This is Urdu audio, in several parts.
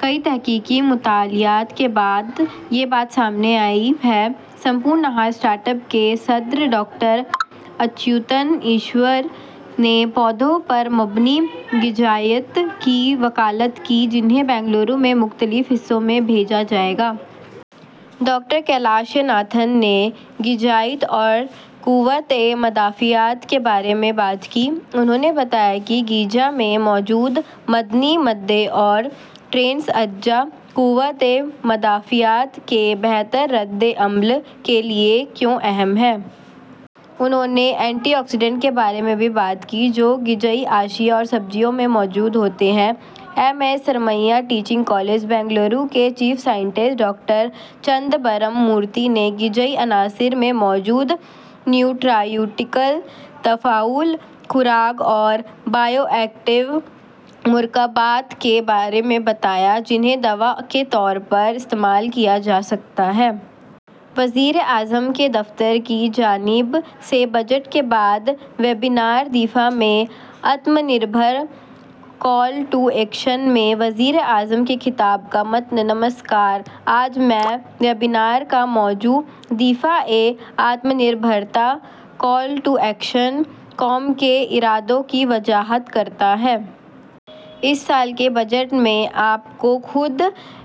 کئی تحقیقی مطالعات کے بعد یہ بات سامنے آئی ہے۔ ''سمپورن آہار'' اسٹارٹ اپ کے صدر ڈاکٹر اچوتن ایشور نے پودے پر مبنی غذائیت کی وکالت کی جنہیں بنگلورو کے مختلف حصوں میں بھیجا جائے گا۔ ڈاکٹر کوشلیا ناتھن نے غذائیت اور قوت مدافعت کے بارے میں بات کی۔ انہو ں نے بتایا کہ غذا میں معدنیات اور ٹریس کے اجزاء قوت مدافعت سے متعلق بہتر رد عمل کے لئے کیوں اہم ہیں۔ انہوں نے اینٹی آکسی ڈینٹ کے بارے میں بھی بات کی جو غذائی اشیاء اور سبزیوں میں موجود ہوتے ہیں۔ M S Ramaiah teaching college, Bengaluru کے چیف سائنسداں ڈاکٹر چدمبرم مورتی نے غذائی عناصر میں موجود نیوٹراسیوٹیکلز، تفاعلی خوراک اور بائیو ایکٹیو مرکبات کے بارے میں بتایا جنہیں دوا کے طور پر استعمال کیا جاسکتا ہے۔ وزیراعظم کا دفتر بجٹ کے بعد ویبینار 'دفاع میں Atmanirbharta call to action' میں وزیر اعظم کے خطاب کا متن نمسکار! آج کے ویبنار کا موضوع، دفاع میں Atmanirbharta call to action, قوم کے ارادوں کی وضاحت کرتا ہے۔ اس سال کے بجٹ میں آپ کو خود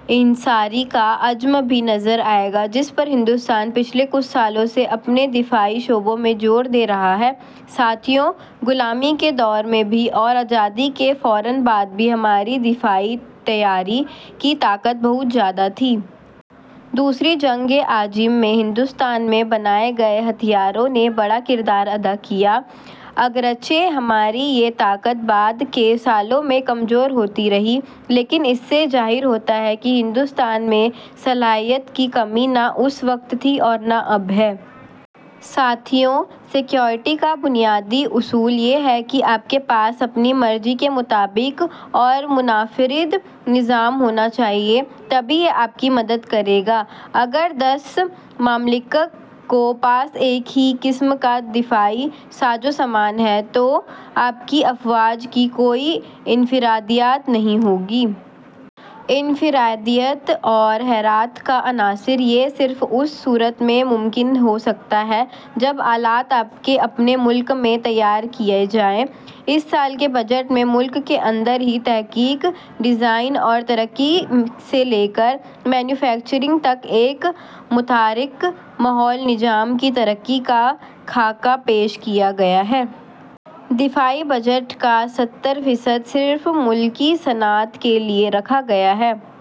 انحصاری کا عزم بھی نظر آئے گا جس پر ہندوستان پچھلے کچھ سالوں سے اپنے دفاعی شعبے میں زور دے رہا ہے۔ ساتھیوں، غلامی کے دور میں بھی اور آزادی کے فوراً بعد بھی ہماری دفاعی تیاری کی طاقت بہت زیادہ تھی۔ دوسری جنگ عظیم میں ہندوستان میں بنائے گئے ہتھیاروں نے بڑا کردار ادا کیا۔ اگرچہ ہماری یہ طاقت بعد کے سالوں میں کمزور ہوتی رہی، لیکن اس سے ظاہر ہوتا ہے کہ ہندوستان میں صلاحیت کی کمی نہ اس وقت تھی اور نہ اب ہے۔ ساتھیوں، سیکورٹی کا بنیادی اصول یہ ہے کہ آپ کے پاس اپنی مرضی کے مطابق اور منفرد نظام ہونا چاہیے، تبھی یہ آپ کی مدد کرے گا۔ اگر دس ممالک کے پاس ایک ہی قسم کا دفاعی سازوسامان ہے تو آپ کی افواج کی کوئی انفرادیت نہیں رہے گی۔ انفرادیت اور حیرت کا عنصر، یہ صرف اس صورت میں ہو سکتا ہے جب آلات آپ کے اپنے ملک میں تیار کیے جائیں۔ اس سال کے بجٹ میں ملک کے اندر ہی تحقیق، ڈیزائن اور ترقی سے لے کر مینوفیکچرنگ تک ایک متحرک ماحولیاتی نظام کی ترقی کا خاکہ ہے۔ دفاعی بجٹ کا ستر فیصد صرف ملکی صنعت کے لیے رکھا